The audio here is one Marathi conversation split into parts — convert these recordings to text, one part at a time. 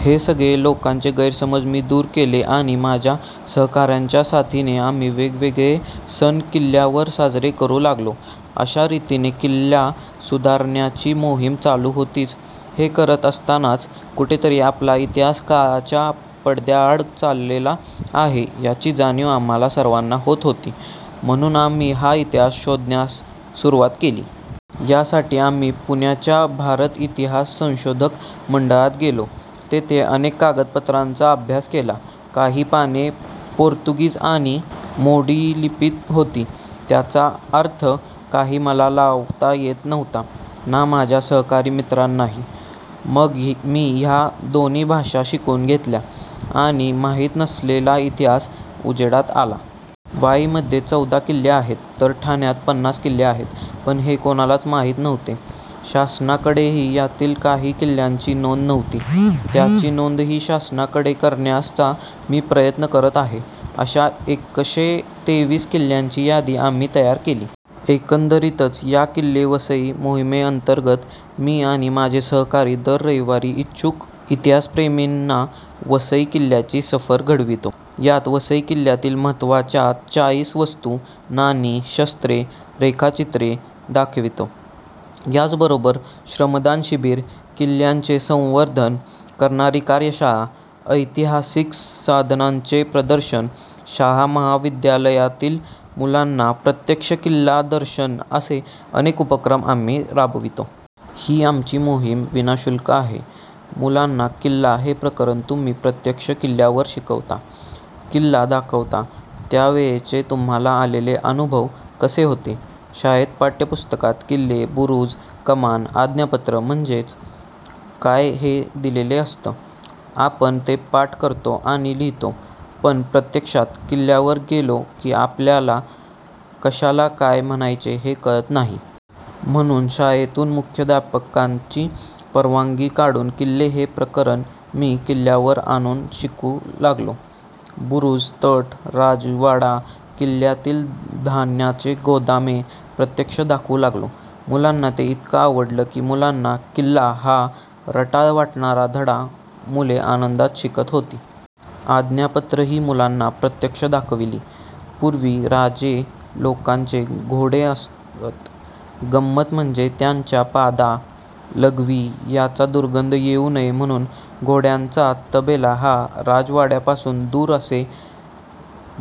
हे सगळे लोकांचे गैरसमज मी दूर केले आणि माझ्या सहकाऱ्यांच्या साथीने आम्ही वेगवेगळे सण किल्ल्यावर साजरे करू लागलो. अशा रीतीने किल्ला सुधारण्याची मोहीम चालू होतीच. हे करत असतानाच कुठेतरी आपला इतिहास काळाच्या पडद्याआड चाललेला आहे याची जाणीव आम्हा सर्वांना होत होती, म्हणून आम्ही हा इतिहास शोधण्यास सुरुवात केली. यासाठी आम्ही पुण्याच्या भारत इतिहास संशोधक मंडळात गेलो. तेथे अनेक कागदपत्रांचा अभ्यास केला. काही पाने पोर्तुगीज आणि मोडीलिपीत होती. त्याचा अर्थ काही मला लावता येत नव्हता ना माझ्या सहकारी मित्रांनाही. मग मी ह्या दोन्ही भाषा शिकून घेतल्या आणि माहीत नसलेला इतिहास उजेडात आला. वसईमध्ये चौदा किल्ले आहेत, तर ठाण्यात पन्नास किल्ले आहेत. पण हे कोणालाच माहीत नव्हते. शासनाकडेही यातील काही किल्ल्यांची नोंद नव्हती. त्याची नोंदही शासनाकडे करण्याचा मी प्रयत्न करत आहे. अशा एकशे तेवीस किल्ल्यांची यादी आम्ही तयार केली. एकंदरीतच या किल्ले वसई मोहिमेअंतर्गत मी आणि माझे सहकारी दर रविवारी इच्छुक इतिहासप्रेमींना वसई किल्ल्याची सफर घडवितो. यात वसई किल्ल्यातील महत्त्वाच्या चाळीस वास्तू, नाणी, शस्त्रे, रेखाचित्रे दाखवितो. याचबरोबर श्रमदान शिबीर, किल्ल्यांचे संवर्धन करणारी कार्यशाळा, ऐतिहासिक साधनांचे प्रदर्शन, शाळा महाविद्यालयातील मुलांना प्रत्यक्ष किल्ला दर्शन असे अनेक उपक्रम आम्ही राबवितो. ही आमची मोहीम विनाशुल्क आहे. मुलांना किल्ला हे प्रकरण तुम्ही प्रत्यक्ष किल्ल्यावर शिकवता, किल्ला दाखवता त्यावेळेचे तुम्हाला आलेले अनुभव कसे होते? शाळेत पाठ्यपुस्तकात किल्ले, बुरूज, कमान, आज्ञापत्र म्हणजे काय हे दिलेले असतं. आपण ते पाठ करतो आणि लिहितो, पण प्रत्यक्षात किल्ल्यावर गेलो की आपल्याला कशाला काय म्हणायचे हे कळत नाही. म्हणून शाळेतून मुख्याध्यापकांची परवानगी काढून किल्ले हे प्रकरण मी किल्ल्यावर आणून शिकवू लागलो. बुरूज, तट, राजवाडा, किल्ल्यातील धान्याची गोदामे प्रत्यक्ष दाखवू लागलो. मुलांना ते इतकं आवडलं की मुलांना किल्ला हा रटाळ वाटणारा धडा मुले आनंदात शिकत होती. आज्ञापत्रही मुलांना प्रत्यक्ष दाखविली. पूर्वी राजे लोकांचे घोडे असत. गंमत म्हणजे त्यांच्या पादा, लघवी याचा दुर्गंध येऊ नये म्हणून घोड्यांचा तबेला हा राजवाड्यापासून दूर असे.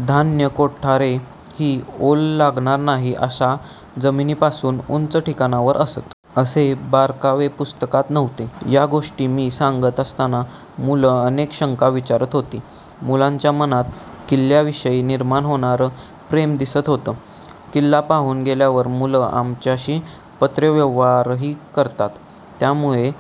धान्य कोठारे ही ओल लागणार नाही अशा जमिनीपासून उंच ठिकाणावर असत. असे बारकावे पुस्तकात नव्हते. या गोष्टी मी सांगत असताना मुलं अनेक शंका विचारत होती. मुलांच्या मनात किल्ल्याविषयी निर्माण होणारं प्रेम दिसत होतं. किल्ला पाहून गेल्यावर मुलं आमच्याशी पत्रव्यवहारही करतात. त्यामुळे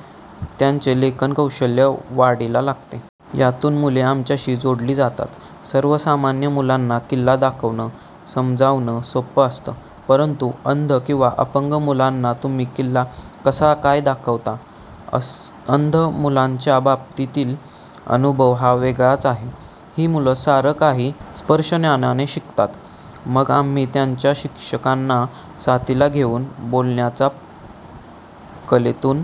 त्यांचे लेखन कौशल्य वाढीला लागते. यातून मुले आमच्याशी जोडली जातात. सर्वसामान्य मुलांना किल्ला दाखवणं, समजावणं सोपं असतं, परंतु अंध किंवा अपंग मुलांना तुम्ही किल्ला कसा काय दाखवता? अंध मुलांच्या बाबतीतील अनुभव हा वेगळाच आहे. ही मुलं सारं काही स्पर्शज्ञानाने शिकतात. मग आम्ही त्यांच्या शिक्षकांना साथीला घेऊन बोलण्याच्या कलेतून